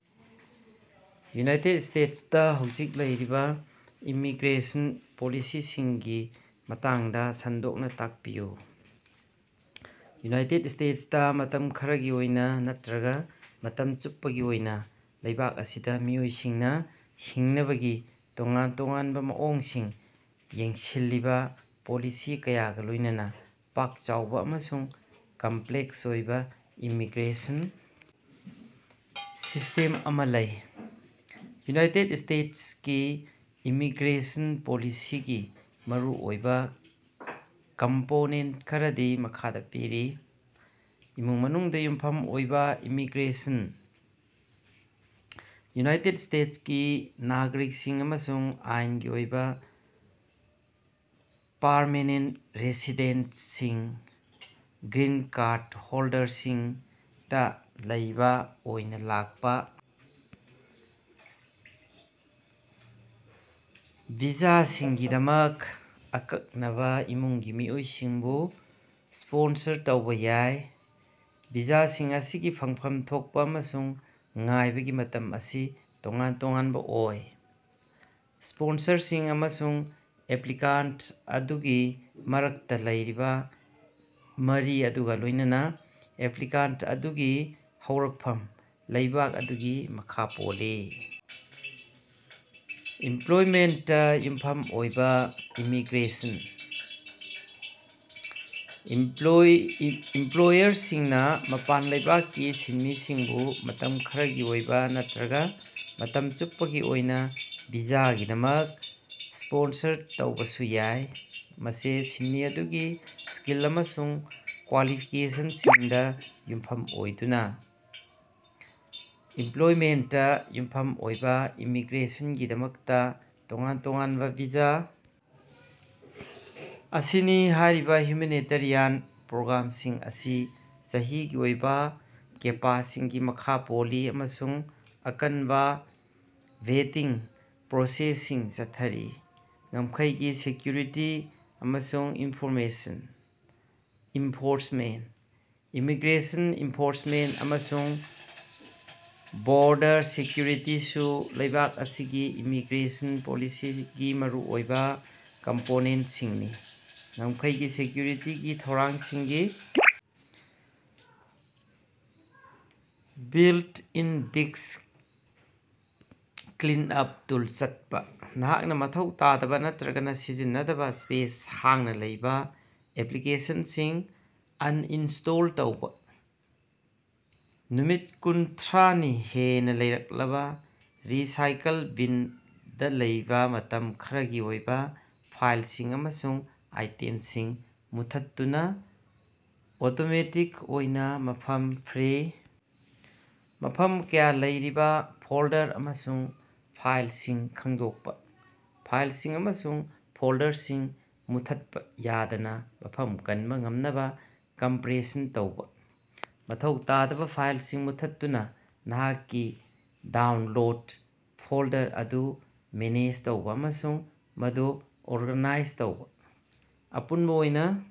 United ꯁ꯭ꯇꯦꯠꯁꯇ ꯍꯧꯖꯤꯛ ꯂꯩꯔꯤꯕ ꯏꯃꯤꯒ꯭ꯔꯦꯁꯟ ꯄꯣꯂꯤꯁꯤꯁꯤꯡꯒꯤ ꯃꯇꯥꯡꯗ ꯁꯟꯗꯣꯛꯅ ꯇꯥꯛꯄꯤꯌꯨ꯫ ꯌꯨꯅꯥꯏꯇꯦꯗ ꯁ꯭ꯇꯦꯠꯁꯇ ꯃꯇꯝ ꯈꯔꯒꯤ ꯑꯣꯏꯅ ꯅꯠꯇ꯭ꯔꯒ ꯃꯇꯝ ꯆꯨꯞꯄꯒꯤ ꯑꯣꯏꯅ ꯂꯩꯕꯥꯛ ꯑꯁꯤꯗ ꯃꯤꯑꯣꯏꯁꯤꯡꯅ ꯍꯤꯡꯅꯕꯒꯤ ꯇꯣꯉꯥꯟ-ꯇꯣꯉꯥꯟꯕ ꯃꯑꯣꯡꯁꯤꯡ ꯌꯦꯡꯁꯤꯜꯂꯤꯕ ꯄꯣꯂꯤꯁꯤ ꯀꯌꯥꯒ ꯂꯣꯏꯅꯅ ꯄꯥꯛ-ꯆꯥꯎꯕ ꯑꯃꯁꯨꯡ ꯀꯝꯄ꯭ꯂꯦꯛꯁ ꯑꯣꯏꯕ ꯏꯃꯤꯒ꯭ꯔꯦꯁꯟ ꯁꯤꯁꯇꯦꯝ ꯑꯃ ꯂꯩ꯫ ꯌꯨꯅꯥꯏꯇꯦꯠ ꯏꯁꯇꯦꯠꯁ ꯀꯤ ꯏꯃꯤꯒ꯭ꯔꯦꯁꯟ ꯄꯣꯂꯤꯁꯤꯒꯤ ꯃꯔꯨꯑꯣꯏꯕ ꯀꯝꯄꯣꯅꯦꯟꯇ ꯈꯔꯗꯤ ꯃꯈꯥꯗ ꯄꯤꯔꯤ: ꯏꯃꯨꯡ-ꯃꯅꯨꯡꯗ ꯌꯨꯝꯐꯝ ꯑꯣꯏꯕ ꯏꯃꯤꯒ꯭ꯔꯦꯁꯟ: ꯌꯨꯅꯥꯏꯇꯦꯗ ꯏꯁꯇꯦꯠꯁ ꯀꯤ ꯅꯥꯒꯔꯤꯛꯁꯤꯡ ꯑꯃꯁꯨꯡ ꯑꯥꯏꯟꯒꯤ ꯑꯣꯏꯕ ꯄꯔꯃꯦꯅꯦꯟꯇ ꯔꯦꯁꯤꯗꯦꯟꯇꯁꯤꯡ (ꯒ꯭ꯔꯤꯟ ꯀꯥꯔꯗ ꯍꯣꯜꯗꯔꯁꯤꯡ) ꯇꯥ ꯂꯩꯕ ꯑꯣꯏꯅ ꯂꯥꯛꯄ ꯚꯤꯖꯥꯁꯤꯡꯒꯤꯗꯃꯛ ꯑꯀꯛꯅꯕ ꯏꯃꯨꯡꯒꯤ ꯃꯤꯑꯣꯏꯁꯤꯡꯕꯨ ꯁ꯭ꯄꯣꯟꯁꯔ ꯇꯧꯕ ꯌꯥꯏ ꯚꯤꯖꯥꯁꯤꯡ ꯑꯁꯤꯒꯤ ꯐꯪꯐꯝ ꯊꯣꯛꯄ ꯑꯃꯁꯨꯡ ꯉꯥꯏꯕꯒꯤ ꯃꯇꯝ ꯑꯁꯤ ꯇꯣꯉꯥꯟ-ꯇꯣꯉꯥꯟꯕ ꯑꯣꯏ꯫ ꯁ꯭ꯄꯣꯟꯁꯔ ꯑꯃꯁꯨꯡ ꯑꯦꯄ꯭ꯂꯤꯀꯥꯟꯇ ꯑꯗꯨꯒꯤ ꯃꯔꯛꯇ ꯂꯩꯔꯤꯕ ꯃꯔꯤ ꯑꯗꯨꯒ ꯂꯣꯏꯅꯅ ꯑꯦꯄ꯭ꯂꯤꯀꯥꯟꯇ ꯑꯗꯨꯒꯤ ꯍꯧꯔꯛꯐꯝ ꯂꯩꯕꯥꯛ ꯑꯗꯨꯒꯤ ꯃꯈ ꯄꯣꯜꯂꯤ꯫ ꯏꯝꯄ꯭ꯂꯣꯏꯃꯦꯟꯇꯇꯥ ꯌꯨꯝꯐꯝ ꯑꯣꯏꯕ ꯏꯃꯤꯒ꯭ꯔꯦꯁꯟ: ꯏꯝꯄ꯭ꯂꯣꯏ ꯏꯝꯄ꯭ꯂꯣꯌꯔꯁꯤꯡꯅ ꯃꯄꯥꯟ ꯂꯩꯕꯥꯛꯀꯤ ꯁꯤꯟꯃꯤꯁꯤꯡꯕꯨ ꯃꯇꯝ ꯈꯔꯒꯤ ꯑꯣꯏꯕ ꯅꯠꯇ꯭ꯔꯒ ꯃꯇꯝ ꯆꯨꯞꯄꯒꯤ ꯑꯣꯏꯅ ꯚꯤꯖꯥꯒꯤꯗꯃꯛ ꯁ꯭ꯄꯣꯟꯁꯔ ꯇꯧꯕꯁꯨ ꯌꯥꯏ, ꯃꯁꯤ ꯁꯤꯟꯃꯤ ꯑꯗꯨꯒꯤ ꯁ꯭ꯀꯤꯜ ꯑꯃꯁꯨꯡ ꯀ꯭ꯋꯥꯂꯤꯐꯤꯀꯦꯁꯟꯁꯤꯡꯗ ꯌꯨꯝꯐꯝ ꯑꯣꯏꯗꯨꯅ꯫ ꯏꯝꯄ꯭ꯂꯣꯏꯃꯦꯟꯇꯇꯥ ꯌꯨꯝꯐꯝ ꯑꯣꯏꯕ ꯏꯃꯤꯒ꯭ꯔꯦꯁꯟꯒꯤꯗꯃꯛꯇꯥ ꯇꯣꯉꯥꯟ-ꯇꯣꯉꯥꯟꯕ ꯚꯤꯖꯥ ꯑꯁꯤꯅꯤ꯫ ꯍꯥꯏꯔꯤꯕ ꯍ꯭ꯌꯨꯃꯦꯅꯤꯇꯔꯤꯌꯥꯟ ꯄ꯭ꯔꯣꯒ꯭ꯔꯥꯝꯁꯤꯡ ꯑꯁꯤ ꯆꯍꯤꯒꯤ ꯑꯣꯏꯕ ꯀꯦꯄꯥꯁꯤꯡꯒꯤ ꯃꯈꯥ ꯄꯣꯜꯂꯤ ꯑꯃꯁꯨꯡ ꯑꯀꯟꯕ ꯚꯦꯇꯤꯡ ꯄ꯭ꯔꯣꯁꯦꯁꯁꯤꯡ ꯆꯠꯊꯔꯤ꯫ ꯉꯝꯈꯩꯒꯤ ꯁꯦꯀ꯭ꯌꯨꯔꯤꯇꯤ ꯑꯃꯁꯨꯡ ꯏꯟꯐꯣꯔꯁꯃꯦꯟꯇ: ꯏꯃꯤꯒ꯭ꯔꯦꯁꯟ ꯏꯟꯐꯣꯔꯁꯃꯦꯟꯇ ꯑꯃꯁꯨꯡ ꯕꯣꯔꯗꯔ ꯁꯦꯀ꯭ꯌꯨꯔꯤꯇꯤꯁꯨ ꯂꯩꯕꯥꯛ ꯑꯁꯤꯒꯤ ꯏꯃꯤꯒ꯭ꯔꯦꯁꯟ ꯄꯣꯂꯤꯁꯤꯒꯤ ꯃꯔꯨꯑꯣꯏꯕ ꯀꯝꯄꯣꯅꯦꯟꯇꯁꯤꯡꯅꯤ꯫ ꯉꯝꯈꯩꯒꯤ ꯁꯦꯀ꯭ꯌꯨꯔꯤꯇꯤꯒꯤ ꯊꯧꯔꯥꯡꯁꯤꯡꯒꯤ ꯕꯤꯜꯇ-ꯏꯟ ꯗꯤꯁ꯭ꯛ ꯀ꯭ꯂꯤꯟꯑꯞ ꯇꯨꯜ ꯆꯠꯄ꯫ ꯅꯍꯥꯛꯅ ꯃꯊꯧ ꯇꯥꯗꯕ ꯅꯠꯇꯔꯒ ꯁꯤꯖꯤꯟꯅꯗꯕ ꯁ꯭ꯄꯦꯁ-ꯍꯥꯡꯅ ꯂꯩꯕ ꯑꯦꯄ꯭ꯂꯤꯀꯦꯁꯟꯁꯤꯡ ꯑꯟꯏꯟꯁꯇꯣꯜ ꯇꯧꯕ꯫ ꯅꯨꯃꯤꯠ ꯀꯨꯟꯊ꯭ꯔꯥꯅꯤ ꯍꯦꯟꯅ ꯂꯩꯔꯛꯂꯕ ꯔꯤꯁꯥꯏꯀꯜ ꯕꯤꯟꯗ ꯂꯩꯕ ꯃꯇꯝ ꯈꯔꯒꯤ ꯑꯣꯏꯕ ꯐꯥꯏꯜꯁꯤꯡ ꯑꯃꯁꯨꯡ ꯑꯥꯏꯇꯦꯝꯁꯤꯡ ꯃꯨꯠꯊꯠꯇꯨꯅ ꯑꯣꯇꯣꯃꯦꯇꯤꯛ ꯑꯣꯏꯅ ꯃꯐꯝ ꯐ꯭ꯔꯤ ꯃꯐꯝ ꯀꯌ ꯂꯧꯔꯤꯕ ꯐꯣꯜꯗꯔ ꯑꯃꯁꯨꯡ ꯐꯥꯏꯜꯁꯤꯡ ꯈꯪꯗꯣꯛꯄ꯫ ꯐꯥꯏꯜꯁꯤꯡ ꯑꯃꯁꯨꯡ ꯐꯣꯜꯗꯔꯁꯤꯡ ꯃꯨꯠꯊꯠꯄ ꯌꯥꯗꯅ ꯃꯐꯝ ꯀꯟꯕ ꯉꯝꯅꯕ ꯀꯝꯄ꯭ꯔꯦꯁꯟ ꯇꯧꯕ꯫ ꯃꯊꯧ ꯇꯥꯗꯕ ꯐꯥꯏꯜꯁꯤꯡ ꯃꯨꯠꯊꯠꯇꯨꯅ ꯅꯍꯥꯛꯀꯤ ꯗꯥꯎꯟꯂꯣꯗ ꯐꯣꯜꯗꯔ ꯑꯗꯨ ꯃꯦꯅꯦꯖ ꯇꯧꯕ ꯑꯃꯁꯨꯡ ꯃꯗꯨ ꯑꯣꯔꯒꯥꯅꯥꯏꯖ ꯇꯧꯕ꯫ ꯑꯄꯨꯟꯕ ꯑꯣꯏꯅ